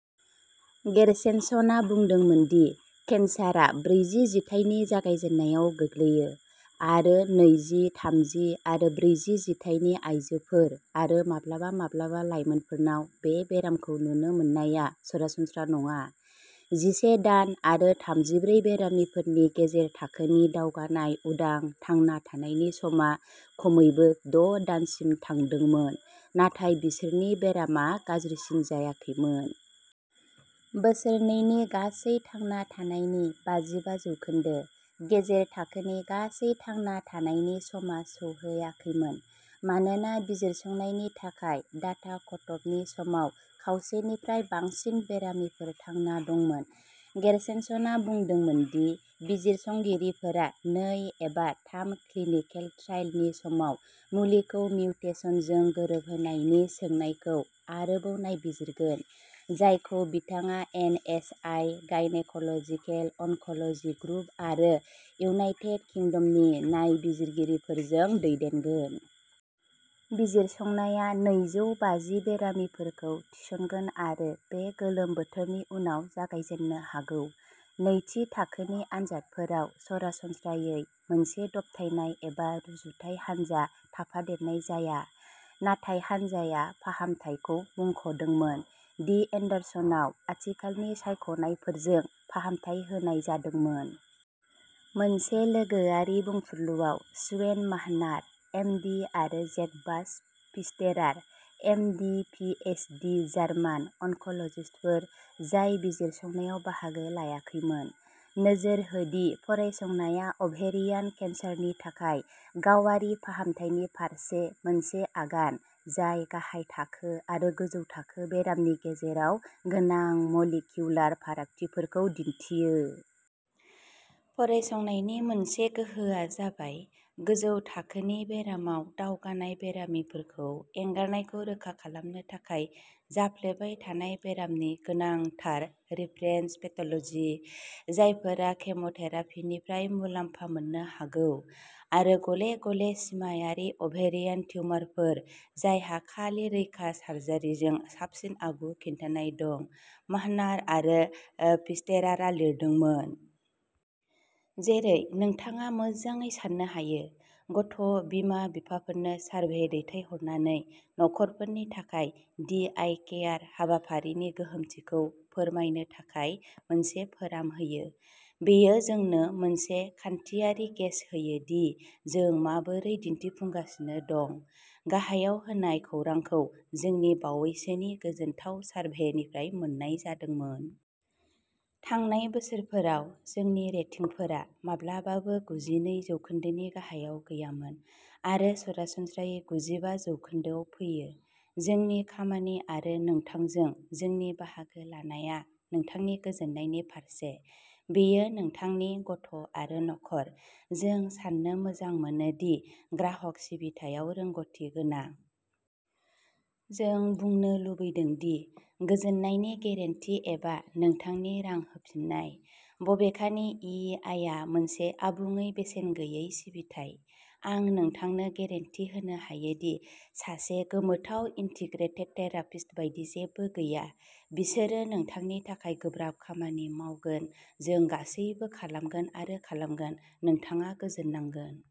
गेरशेनसनआ बुंदोंमोन दि केन्सारआ ब्रैजि जिथाइनि जागायजेन्नायाव गोग्लैयो, आरो नैजि, थामजि आरो ब्रैजि जिथाइनि आयजोफोर आरो माब्लाबा माब्लाबा लाइमोनफोरनाव बे बेरामखौ नुनो मोननाया सरासनस्रा नङा। जिसे दान आरो थामजिब्रै बेरामिफोर नि गेजेर थाखोनि दावगानाय उदां थांना थानायनि समा खमैबो द' दानसिम थांदोंमोन, नाथाय बिसोरनि बेरामा गाज्रिसिन जायाखैमोन। बोसोरनैनि गासै थांना थानायनि बाजिबा जौखोन्दो। गेजेर थाखोनि गासै थांना थानायनि समा सौहैाखैमोन, मानोना बिजिरसंनायनि थाखाय डाटा कटअफनि समाव खावसेनिफ्राय बांसिन बेरामिफोर थांना दंमोन। गेरशेनसनआ बुंदोंमोन दि बिजिरसंगिरिफोरा नै एबा थाम क्लिनिकेल ट्राइलनि समाव मुलिखौ मिउटेसनजों गोरोबहोनायनि सोंनायखौ आरोबाव नायबिजिरगोन, जायखौ बिथाङा N S I gynaecological oncology group आरो इउनाइटेड किंडमनि नायबिजिरगिरिफोरजों दैदेनगोन। बिजिरसंनाया नैजौ बाजि बेरामिफोरखौ थिसनगोन आरो बे गोलोम बोथोरनि उनाव जागायजेन्नो हागौ। नैथि थाखोनि आनजादफोराव सरासनस्रायै मोनसे दबथायनाय एबा रुजुथाय हानजा थाफादेरनाय जाया, नाथाय हानजाया फाहामथायखौ मुंख'दोंमोन। डि एन्डारसनआव आथिखालनि सायख'नायफोरजों फाहामथाय होनाय जादोंमोन। मोनसे लोगोआरि बुंफुरलुआव, स्वेन माहनार, एम डि आरो Jacobus Pfisterer, M D P H D German अनक'ल'जिस्टफोर जाय बिजिरसंनायाव बाहागो लायाखैमोन, नोजोर हो दि फरायसंनाया अभेरियान केन्सारनि थाखाय गावारि फाहामथायनि फारसे मोनसे आगान जाय गाहाय थाखो आरो गोजौ थाखो बेरामनि गेजेराव गोनां मलिकिउलार फारागथिफोरखौ दिन्थियो। "फरायसंनायनि मोनसे गोहोआ जाबाय गोजौ थाखोनि बेरामाव दावगानाय बेरामिफोरखौ एंगारनायखौ रोखा खालामनो थाखाय जाफ्लेबाय थानाय बेरामनि गोनांथार रिफरेन्स पेथ'ल'जि, जायफोरा केम'थेरापिनिफ्राय मुलाम्फा मोननो हागौ आरो गले-गले सिमाआरि अभेरियान टिउमारफोर जायहा खालि रैखा सार्जारिजों साबसिन आगु खिन्थानाय दं", माहनार आरो ओ फिस्टेरारा लिरदोंमोन। जेरै नोंथाङा मोजाङै सान्नो हायो, गथ' बिमा-बिफाफोरनो सारभे दैथायहरनानै नखरफोरनि थाखाय दि आइ केयार हाबाफारिनि गोहोमथिखौ फोरमायनो थाखाय मोनसे फोराम होयो। बेयो जोंनो मोनसे खान्थियारि गेज होयो दि जों माबोरै दिन्थिफुंगासिनो दं। गाहायाव होनाय खौरांखौ जोंनि बावैसोनि नि गोजोनथाव सारभेनिफ्राय मोन्नाय जादोंमोन। थांनाय बोसोरफोराव जोंनि रेटिंफोरा माब्लाबाबो गुजिनै जौखोन्दोनि गाहायाव गैयामोन आरो सरासनस्रायै गुजिबा जौखोन्दोआव फैयो। जोंनि खामानि आरो नोंथांजों जोंनि बाहागो लानाया नोंथांनि गोजोननायनि फारसे। बेयो नोंथांनि गथ' आरो नखर। जों साननो मोजां मोनो दि जों ग्राहक सिबिथायाव रोंग'थिगोनां। जों बुंनो लुबैदों दि गोजोननायनि गेरेन्टि एबा नोंथांनि रां होफिननाय। बबेखानि, इ आइ आ मोनसे आबुङै बेसेन गैयै सिबिथाइ। आं नोंथांनो गेरेन्टि होनो हायो दि सासे गोमोथाव इन्टिग्रेटेड थेरापिस्ट बायदि जेबो गैया। बिसोरो नोंथांनि थाखाय गोब्राब खामानि मावगोन। जों गासैबो खालामगोन आरो खालामगोन। नोंथाङा गोजोननांगोन।